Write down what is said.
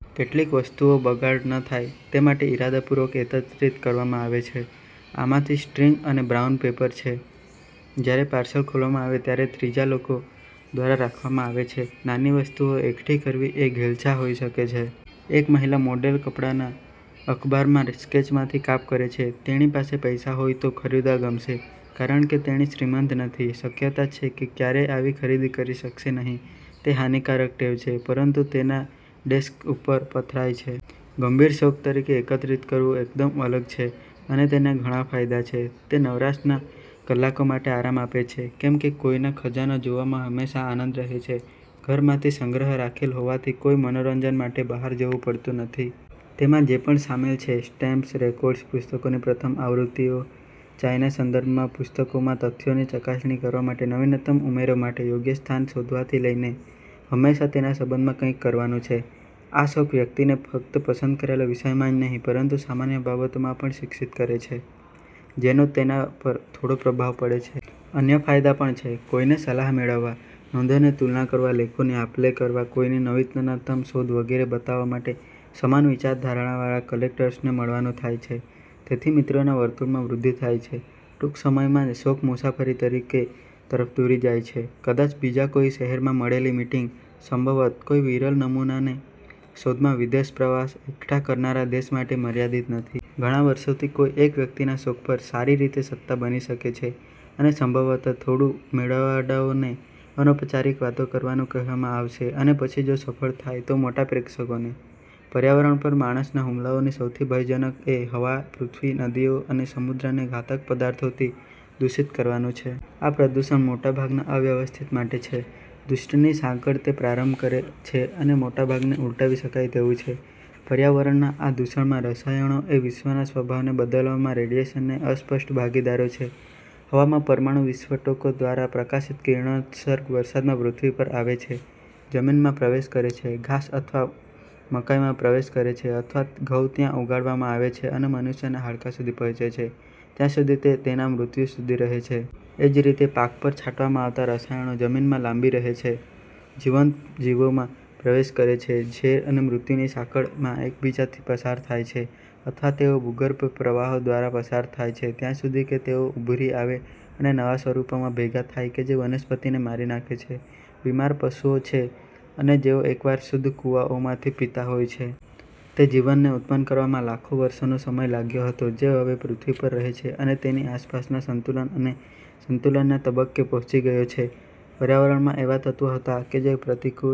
કેટલીક વસ્તુઓ બગાડ ન થાય તે માટે ઇરાદાપૂર્વક એકત્રિત કરવામાં આવે છે. આમાંથી સ્ટ્રિંગ અને બ્રાઉન પેપર છે, જ્યારે પાર્સલ ખોલવામાં આવે ત્યારે ત્રીજા લોકો દ્વારા રાખવામાં આવે છે. નાની વસ્તુઓ એકઠી કરવી એ ઘેલછા હોઈ શકે છે. એક મહિલા મોડેલ કપડાના અખબારના સ્કેચમાંથી કાપ કરે છે જે તેણી પાસે પૈસા હોય તો ખરીદવા ગમશે. કારણ કે તેણી શ્રીમંત નથી, શક્યતા છે કે તે ક્યારેય આવી ખરીદી કરી શકશે નહીં. તે હાનિકારક ટેવ છે, પરંતુ તે તેના ડેસ્ક ઉપર પથરાય છે. ગંભીર શોખ તરીકે એકત્રિત કરવું એકદમ અલગ છે અને તેના ઘણા ફાયદા છે. તે નવરાશના કલાકો માટે આરામ આપે છે, કેમ કે કોઈના ખજાનો જોવામાં હંમેશા આનંદ રહે છે. ઘરમાંથી સંગ્રહ રાખેલ હોવાથી કોઈને મનોરંજન માટે બહાર જવુ પડતું નથી. તેમાં જે પણ શામેલ છે સ્ટેમ્પ્સ, રેકોર્ડ્સ, પુસ્તકોની પ્રથમ આવૃત્તિઓ, ચાઇના સંદર્ભ પુસ્તકોમાં તથ્યોની ચકાસણી કરવા માટે નવીનતમ ઉમેરો માટે યોગ્ય સ્થાન શોધવાથી લઈને, હંમેશાં તેના સંબંધમાં કંઈક કરવાનું છે. આ શોખ વ્યક્તિને ફક્ત પસંદ કરેલા વિષયમાં જ નહીં, પરંતુ સામાન્ય બાબતોમાં પણ શિક્ષિત કરે છે જેનો તેના પર થોડો પ્રભાવ પડે છે. અન્ય ફાયદા પણ છે. કોઈને સલાહ મેળવવા, નોંધોની તુલના કરવા, લેખોની આપલે કરવા, કોઈની નવીનતમ શોધ વગેરે બતાવવા માટે સમાન વિચારધારાવાળા કલેક્ટર્સને મળવાનું થાય છે. તેથી, મિત્રોના વર્તુળમાં વૃદ્ધિ થાય છે. ટૂંક સમયમાં જ શોખ મુસાફરી તરફ દોરી જાય છે, કદાચ બીજા કોઈ શહેરમાં મળેલી મીટિંગ, સંભવત કોઈ વિરલ નમૂનાની શોધમાં વિદેશ પ્રવાસ, એકઠા કરનારા દેશ માટે મર્યાદિત નથી. ઘણા વર્ષોથી કોઈ એક વ્યક્તિના શોખ પર સારી રીતે સત્તા બની શકે છે અને સંભવત થોડું મેળાવડાઓને અનૌપચારિક વાતો કરવાનું કહેવામાં આવશે અને પછી જો સફળ થાય તો મોટા પ્રેક્ષકોને. પર્યાવરણ પર માણસના હુમલાઓમાં સૌથી ભયજનક એ હવા, પૃથ્વી, નદીઓ અને સમુદ્રને ઘાતક પદાર્થોથી દૂષિત કરવાનું છે. આ પ્રદૂષણ મોટાભાગના અવ્યવસ્થિત માટે છે; દુષ્ટની સાંકળ તે પ્રારંભ કરે છે તે મોટાભાગના ઉલટાવી શકાય તેવું છે. પર્યાવરણના આ દૂષણમાં રસાયણો એ વિશ્વના સ્વભાવને બદલવામાં રેડિયેશનના અસ્પષ્ટ ભાગીદારો છે; હવામાં પરમાણુ વિસ્ફોટો દ્વારા પ્રકાશિત કિરણોત્સર્ગ, વરસાદમાં પૃથ્વી પર આવે છે, જમીનમાં પ્રવેશ કરે છે, ઘાસ અથવા મકાઈમાં પ્રવેશ કરે છે અથવા ઘઉં ત્યાં ઉગાડવામાં આવે છે અને મનુષ્યના હાડકાં સુધી પહોંચે છે, ત્યાં સુધી તે તેના મૃત્યુ સુધી રહે છે. એ જ રીતે, પાક પર છાંટવામાં આવતા રસાયણો, જમીનમાં લાંબી રહે છે, જીવંત જીવોમાં પ્રવેશ કરે છે, ઝેર અને મૃત્યુની સાંકળમાં એક બીજાથી પસાર થાય છે. અથવા તેઓ ભૂગર્ભ પ્રવાહો દ્વારા પસાર થાય છે ત્યાં સુધી કે તેઓ ઉભરી આવે અને નવા સ્વરૂપોમાં ભેગા થાય કે જે વનસ્પતિને મારી નાખે છે, બીમાર પશુઓ છે અને જેઓ એકવાર શુદ્ધ કુવાઓમાંથી પીતા હોય છે. તે જીવનને ઉત્પન્ન કરવામાં લાખો વર્ષોનો સમય લાગ્યો હતો જે હવે પૃથ્વી પર રહે છે અને તેની આસપાસના સંતુલન અને સંતુલનના તબક્કે પહોંચી ગયો છે. પર્યાવરણમાં એવા તત્વો હતા જે પ્રતિકૂળ।